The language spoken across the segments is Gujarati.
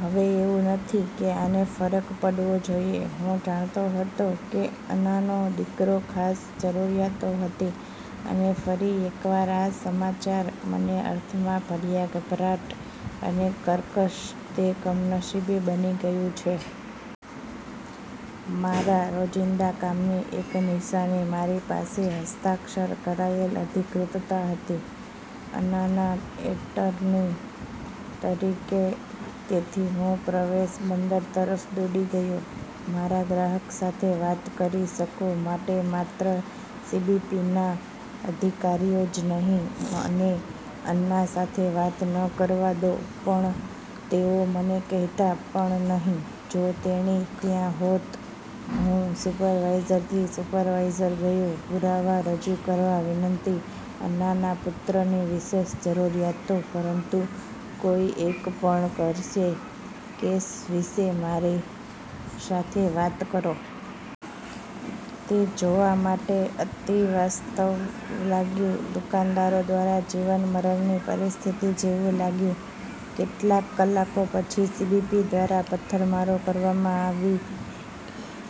હવે એવું નથી કે આને ફરક પડવો જોઈએ, હું જાણતો હતો કે અન્નાનો દીકરો ખાસ જરૂરિયાતો હતી અને ફરી એકવાર આ સમાચાર મને અર્થમાં ભર્યા ગભરાટ અને કર્કશ, તે કમનસીબે બની ગયું છે., મારા રોજિંદા કામની એક નિશાની. મારી પાસે હસ્તાક્ષર કરાયેલ અધિકૃતતા હતી, અન્નાના એટર્ની તરીકે ,તેથી હું પ્રવેશ બંદર તરફ દોડી ગયો. મારા ગ્રાહક સાથે વાત કરી શકું માટે માત્ર સીબીપીના અધિકારીઓ જ નહીં મને અન્ના સાથે વાત ન કરવા દો, પણ તેઓ મને કહેતા પણ નહીં જો તેણી ત્યાં હોત, હું સુપરવાઇઝરથી સુપરવાઇઝર ગયો, પુરાવા રજૂ કરવા વિનંતી અન્નાના પુત્રની વિશેષ જરૂરિયાતો, પરંતુ કોઈ એક પણ કરશે કેસ વિશે મારી સાથે વાત કરો. તે જોવા માટે અતિવાસ્તવ લાગ્યું દુકાનદારો દ્વારા જીવન-મરણની પરિસ્થિતિ જેવું લાગ્યું. કેટલાક કલાકો પછી સીબીપી દ્વારા પથ્થરમારો કરવામાં આવી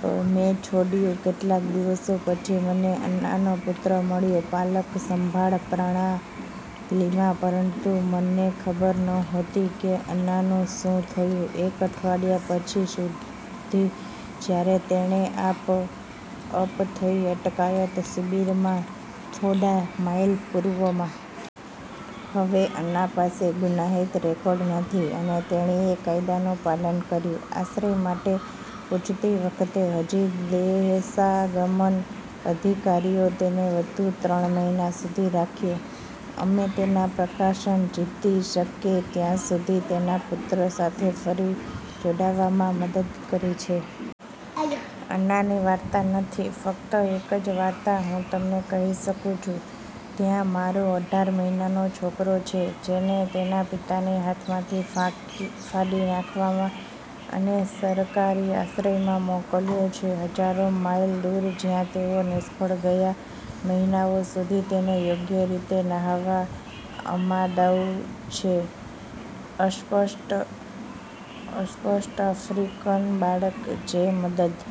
અ મેં છોડ્યું. કેટલાક દિવસો પછી, મને અન્નાનો પુત્ર મળ્યો પાલક-સંભાળ પ્રણાલીમાં. પરંતુ મને ખબર નહોતી કે અન્નાનું શું થયું એક અઠવાડિયા પછી સુધી, જ્યારે તેણે આપ અપ થઈ અટકાયત શિબિરમાં થોડા માઇલ પૂર્વમાં. હવે, અન્ના પાસે ગુનાહિત રેકોર્ડ નથી અને તેણીએ કાયદાનું પાલન કર્યું. આશ્રય માટે પૂછતી વખતે હજી દેશાગમન અધિકારીઓ તેને વધુ ત્રણ મહિના સુધી રાખ્યો, અમે તેના પ્રકાશન જીતી શકે ત્યાં સુધી તેના પુત્ર સાથે ફરી જોડાવામાં મદદ કરે છે. અન્નાની વાર્તા નથી. ફક્ત એક જ વાર્તા હું તમને કહી શકું છું. ત્યાં મારો અઢાર મહિનાનો છોકરો છે, જેને તેના પિતાને હાથમાંથી ફાખી ફાડી નાખવામાં અને સરકારી આશ્રયમાં મોકલ્યો છે હજારો માઇલ દૂર, જ્યાં તેઓ નિષ્ફળ ગયા મહિનાઓ સુધી તેને યોગ્ય રીતે નહાવા અમાદાઉ છે, અસ્પષ્ટ અસ્પષ્ટ આફ્રિકન બાળક, જે મદદ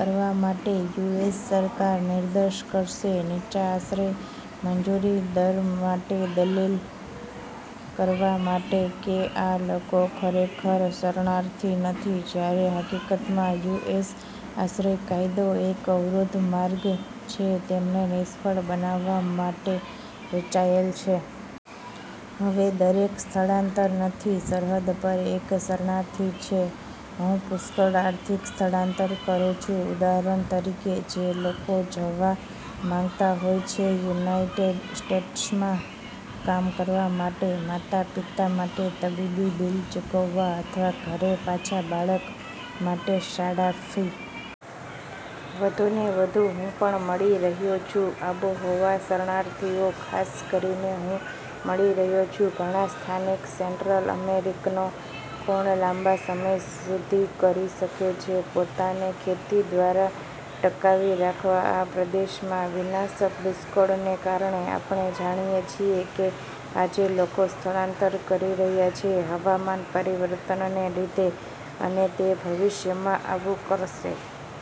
કરવા માટે. યુએસ સરકાર નિર્દેશ કરશે. નીચા આશ્રય મંજૂરી દર માટે દલીલ કરવા માટે કે આ લોકો ખરેખર શરણાર્થી નથી, જ્યારે હકીકતમાં, યુ. એસ. આશ્રય કાયદો એક અવરોધ માર્ગ છે .તેમને નિષ્ફળ બનાવવા માટે રચાયેલ છે. હવે દરેક સ્થળાંતર નથી સરહદ પર એક શરણાર્થી છે. હું પુષ્કળ આર્થિક સ્થળાંતર કરું છું. ઉદાહરણ તરીકે, જે લોકો જવા માંગતા હોય છે યુનાઇટેડ સ્ટેટ્સમાં કામ કરવા માટે, માતાપિતા માટે તબીબી બીલ ચૂકવવા અથવા ઘરે પાછા બાળક માટે શાળા ફી. વધુને વધુ, હું પણ મળી રહ્યો છું આબોહવા શરણાર્થીઓ. ખાસ કરીને, હું મળી રહ્યો છું ઘણા સ્થાનિક સેન્ટ્રલ અમેરિકનો કોણ લાંબા સમય સુધી કરી શકે છે, પોતાને ખેતી દ્વારા ટકાવી રાખવા. આ પ્રદેશમાં વિનાશક દુષ્કળને કારણે આપણે જાણીએ છીએ કે આજે લોકો સ્થળાંતર કરી રહ્યા છે. હવામાન પરિવર્તનને લીધે, અને તે ભવિષ્યમાં આવું કરશે.